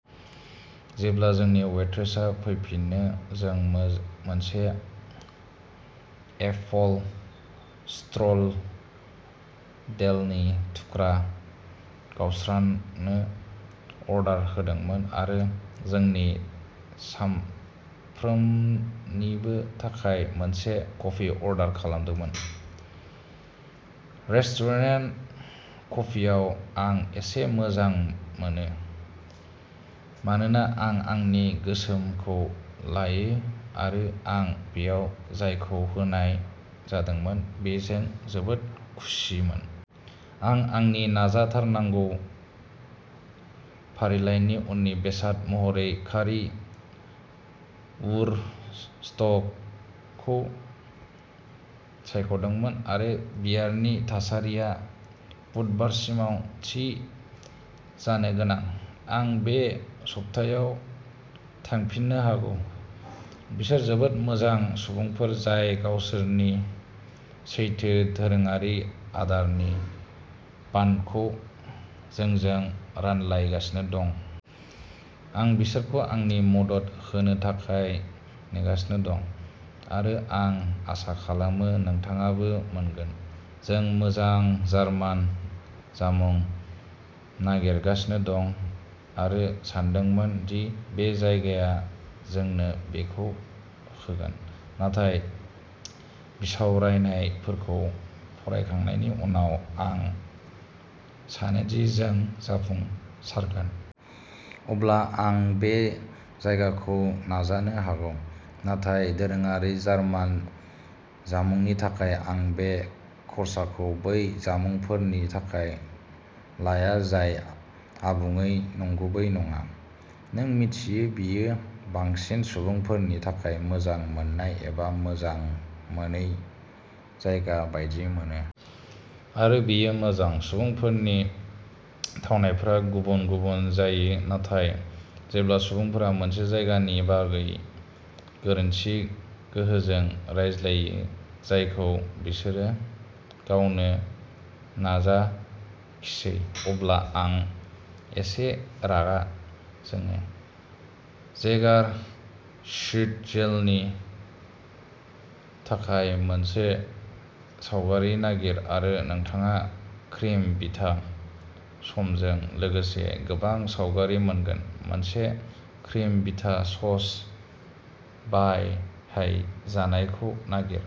जेब्ला जोंनि वेट्रेसआ फैफिनो जों मोन मोनसे एपफेलस्ट्रुडेलनि थुख्रा गावस्रानो अर्डार होदोंमोन आरो जोंनि साफ्रोमनिबो थाखाय मोनसे कफी अर्डार खालामदोंमोन। रेस्टुरेन्ट क'फियाव आं एसे मोजां मोनो। मानोना आं आंनि गोसोमखौ लायो आरो आं बेयाव जायखौ होनाय जादोंमोन बेजों जोबोद खुसिमोन। आं आंनि नाजाथारनांगौ फारिलाइनि उननि बेसाद महरै कारि वुरस्टखौ सायख'दोंमोन। आरो बियारनि थासारिया बुधबारसिमाव थि जानो गोनां। आं बे सप्तायाव थांफिननो हागौ। बिसोर जोबोद मोजां सुबुंफोर जाय गावसोरनि सैथो दोरोङारि आदारनि ब्रान्डखौ जोंजों रानलायगासिनो दं। आं बिसोरखौ आंनि मदद होनो थाखाय नेगासिनो दं। आरो आं आसा खालामो नोंथाङाबो मोनगोन। जों मोजां जार्मान जामुं नागिरगासिनो दं आरो सानदोंमोन दि बे जायगाया जोंनो बेखौ होगोन। नाथाय बिसावरायनायफोरखौ फरायखांनायनि उनाव। आं सानोदि जों जाफुंसारगोन। अब्ला आं बे जायगाखौ नाजानो हागौ। नाथाय दोरोङारि जार्मान जामुंनि थाखाय आं बे खरसाखौ बै जामुंफोरनि थाखाय लाया जाय आबुङै नंगुबै नङा। नों मिथियो बेयो बांसिन सुबुंफोरनि थाखाय मोजां मोननाय एबा मोजां मोनै जायगा बायदि मोनो। आरो बेयो मोजां। सुबुंफोरनि थावनायफोरा गुबुन-गुबुन जायो। नाथाय जेब्ला सुबुंफोरा मोनसे जायगानि बागै गोरोन्थि गोहोजों रायज्लायो। जायखौ बिसोरो गावनो नाजाखिसै अब्ला आं एसे रागा जोङो। जेगार श्निटजेलनि थाखाय मोनसे सावगारि नागिर आरो नोंथाङा क्रिम बिथा ससजों लोगोसे गोबां सावगारि मोनगोन। मोनसे क्रिम बिथा सस बाहायजानायखौ नागिर।